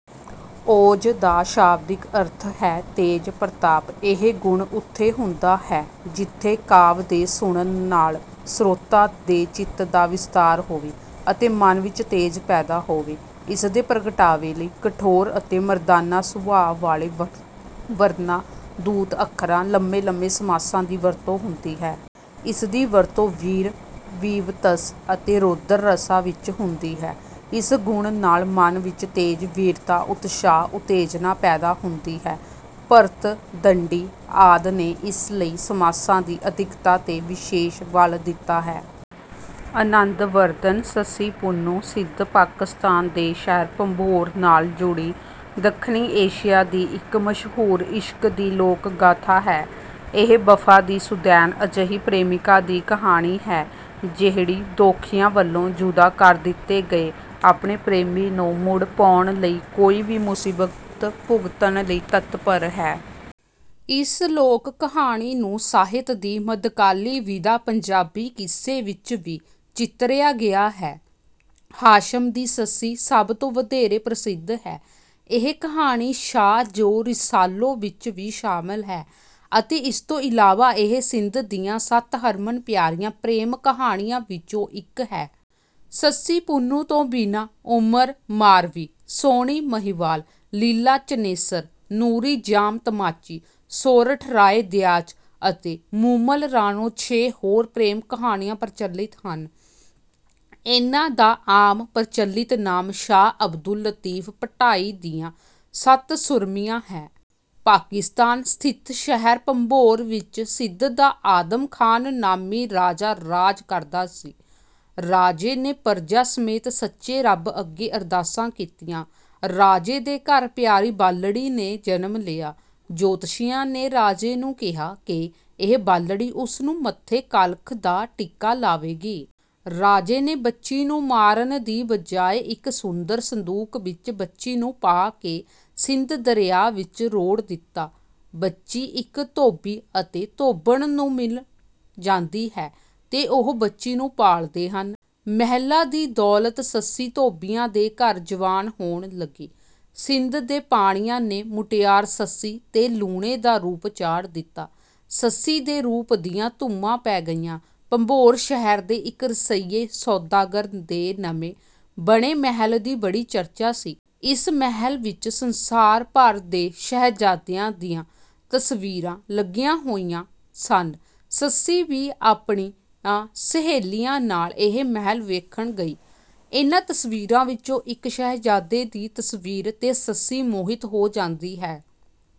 Os ਦਾ ਸ਼ਾਬਦਿਕ ਅਰਥ ਹੈ ਤੇਜ, ਪ੍ਰਤਾਪ। ਇਹ ਗੁਣ ਉੱਥੇ ਹੁੰਦਾ ਹੈ ਜਿੱਥੇ ਕਾਵਿ ਦੇ ਸੁਣਨ ਨਾਲ ਸਰੋਤਾ ਦੇ ਚਿੱਤ ਦਾ ਵਿਸਤਾਰ ਹੋਵੇ ਅਤੇ ਮਨ ਵਿੱਚ ਤੇਜ਼ ਪੈਦਾ ਹੋਵੇ। ਇਸ ਦੇ ਪ੍ਰਗਟਾਵੇ ਲਈ ਕਠੋਰ ਅਤੇ ਮਰਦਾਨਾ ਸੁਭਾਅ ਵਾਲੇ ਵਰਣਾਂ, ਦੁੱਤ ਅੱਖਰਾਂ, ਲੰਮੇ-ਲੰਮੇ ਸਮਾਸਾਂ ਦੀ ਵਰਤੋਂ ਹੁੰਦੀ ਹੈ। ਇਸ ਦੀ ਵਰਤੋਂ ਵੀਰ, ਵੀਭਤਸ ਅਤੇ ਰੌਦਰ ਰਸਾਂ ਵਿੱਚ ਹੁੰਦੀ ਹੈ। ਇਸ ਗੁਣ ਨਾਲ ਮਨ ਵਿੱਚ ਤੇਜ, ਵੀਰਤਾ, ਉਤਸਾਹ, ਉਤੇਜਨਾ ਪੈਦਾ ਹੁੰਦੀ ਹੈ। ਭਰਤ, ਦੰਡੀ ਆਦਿ ਨੇ ਇਸ ਲਈ ਸਮਾਸਾਂ ਦੀ ਅਧਿਕਤਾ 'ਤੇ ਵਿਸ਼ੇਸ਼ ਬਲ ਦਿੱਤਾ ਹੈ। ਆਨੰਦਵਰਧਨ। ਸੱਸੀ ਪੁੰਨੂੰ, ਸਿੰਧ, ਪਾਕਿਸਤਾਨ ਦੇ ਸ਼ਹਿਰ ਭੰਬੋਰ ਨਾਲ ਜੁੜੀ ਦੱਖਣੀ ਏਸ਼ੀਆ ਦੀ ਇੱਕ ਮਸ਼ਹੂਰ ਇਸ਼ਕ ਦੀ ਲੋਕ-ਗਾਥਾ ਹੈ। ਇਹ ਵਫ਼ਾ ਦੀ ਸੁਦੈਣ ਅਜਿਹੀ ਪ੍ਰੇਮਿਕਾ ਦੀ ਕਹਾਣੀ ਹੈ ਜਿਹੜੀ ਦੋਖੀਆਂ ਵੱਲੋਂ ਜੁਦਾ ਕਰ ਦਿੱਤੇ ਗਏ ਆਪਣੇ ਪ੍ਰੇਮੀ ਨੂੰ ਮੁੜ ਪਾਉਣ ਲਈ ਕੋਈ ਵੀ ਮੁਸੀਬਤ ਭੁਗਤਣ ਲਈ ਤੱਤਪਰ ਹੈ। ਇਸ ਲੋਕ-ਕਹਾਣੀ ਨੂੰ ਸਾਹਿਤ ਦੀ ਮਧਕਾਲੀ ਵਿਧਾ ਪੰਜਾਬੀ ਕਿੱਸੇ ਵਿੱਚ ਵੀ ਚਿਤਰਿਆ ਗਿਆ ਹੈ। ਹਾਸ਼ਮ ਦੀ ਸੱਸੀ ਸਭ ਤੋਂ ਵਧੇਰੇ ਪ੍ਰਸਿੱਧ ਹੈ। ਇਹ ਕਹਾਣੀ ਸ਼ਾਹ ਜੋ ਰਿਸਾਲੋ ਵਿੱਚ ਵੀ ਸ਼ਾਮਲ ਹੈ ਅਤੇ ਇਸ ਤੋਂ ਇਲਾਵਾ ਇਹ ਸਿੰਧ ਦੀਆਂ ਸੱਤ ਹਰਮਨ-ਪਿਆਰੀਆਂ ਪ੍ਰੇਮ-ਕਹਾਣੀਆਂ ਵਿੱਚੋਂ ਇੱਕ ਹੈ। ਸੱਸੀ ਪੁੰਨੂੰ ਤੋਂ ਬਿਨਾਂ ਉਮਰ ਮਾਰਵੀ, ਸੋਹਣੀ ਮਹੀਵਾਲ, ਲੀਲਾਂ ਚਨੇਸਰ, ਨੂਰੀ ਜਾਮ ਤਮਾਚੀ, ਸੋਰਠ ਰਾਏ ਦਿਆਚ ਅਤੇ ਮੂਮਲ ਰਾਣੋ ਛੇ ਹੋਰ ਪ੍ਰੇਮ-ਕਹਾਣੀਆਂ ਪ੍ਰਚਲਿਤ ਹਨ। ਇਨ੍ਹਾਂ ਦਾ ਆਮ ਪ੍ਰਚਲਿਤ ਨਾਮ ਸ਼ਾਹ ਅਬਦੁਲ ਲਤੀਫ਼ ਭੱਟਾਈ ਦੀਆਂ ਸੱਤ ਸੁਰਮੀਆਂ ਹੈ। ਪਾਕਿਸਤਾਨ ਸਥਿਤ ਸ਼ਹਿਰ ਭੰਬੋਰ ਵਿੱਚ ਸਿੰਧ ਦਾ ਆਦਮ ਖ਼ਾਨ ਨਾਮੀ ਰਾਜਾ ਰਾਜ ਕਰਦਾ ਸੀ। ਰਾਜੇ ਨੇ ਪਰਜਾ ਸਮੇਤ ਸੱਚੇ ਰੱਬ ਅੱਗੇ ਅਰਦਾਸਾਂ ਕੀਤੀਆਂ। ਰਾਜੇ ਦੇ ਘਰ ਪਿਆਰੀ ਬਾਲੜੀ ਨੇ ਜਨਮ ਲਿਆ। ਜੋਤਸ਼ੀਆਂ ਨੇ ਰਾਜੇ ਨੂੰ ਕਿਹਾ ਕਿ ਇਹ ਬਾਲੜੀ ਉਸ ਨੂੰ ਮੱਥੇ ਕਾਲਖ਼ ਦਾ ਟਿੱਕਾ ਲਾਵੇਗੀ। ਰਾਜੇ ਨੇ ਬੱਚੀ ਨੂੰ ਮਾਰਨ ਦੀ ਬਜਾਏ ਇੱਕ ਸੁੰਦਰ ਸੰਦੂਕ ਵਿੱਚ ਬੱਚੀ ਨੂੰ ਪਾ ਕੇ ਸਿੰਧ ਦਰਿਆ ਵਿੱਚ ਰੋੜ੍ਹ ਦਿੱਤਾ। ਬੱਚੀ ਇੱਕ ਧੋਬੀ ਅਤੇ ਧੋਬਣ ਨੂੰ ਮਿਲ ਜਾਂਦੀ ਹੈ ਤੇ ਉਹ ਬੱਚੀ ਨੂੰ ਪਾਲਦੇ ਹਨ। ਮਹਿਲਾਂ ਦੀ ਦੌਲਤ ਸੱਸੀ ਧੋਬੀਆਂ ਦੇ ਘਰ ਜਵਾਨ ਹੋਣ ਲੱਗੀ। ਸਿੰਧ ਦੇ ਪਾਣੀਆਂ ਨੇ ਮੁਟਿਆਰ ਸੱਸੀ 'ਤੇ ਲੂਣੇ ਦਾ ਰੂਪ ਚਾੜ੍ਹ ਦਿੱਤਾ। ਸੱਸੀ ਦੇ ਰੂਪ ਦੀਆਂ ਧੂਮਾਂ ਪੈ ਗਈਆਂ। ਭੰਬੋਰ ਸ਼ਹਿਰ ਦੇ ਇੱਕ ਰਸੀਏ ਸੌਦਾਗਰ ਦੇ ਨਵੇਂ ਬਣੇ ਮਹਿਲ ਦੀ ਬੜੀ ਚਰਚਾ ਸੀ। ਇਸ ਮਹਿਲ ਵਿੱਚ ਸੰਸਾਰ ਭਰ ਦੇ ਸ਼ਹਿਜ਼ਾਦਿਆਂ ਦੀਆਂ ਤਸਵੀਰਾਂ ਲੱਗੀਆਂ ਹੋਈਆਂ ਸਨ। ਸੱਸੀ ਵੀ ਆਪਣੀਆਂ ਸਹੇਲੀਆਂ ਨਾਲ ਇਹ ਮਹਿਲ ਵੇਖਣ ਗਈ। ਇਨ੍ਹਾਂ ਤਸਵੀਰਾਂ ਵਿੱਚੋਂ ਇੱਕ ਸ਼ਹਿਜ਼ਾਦੇ ਦੀ ਤਸਵੀਰ 'ਤੇ ਸੱਸੀ ਮੋਹਿਤ ਹੋ ਜਾਂਦੀ ਹੈ।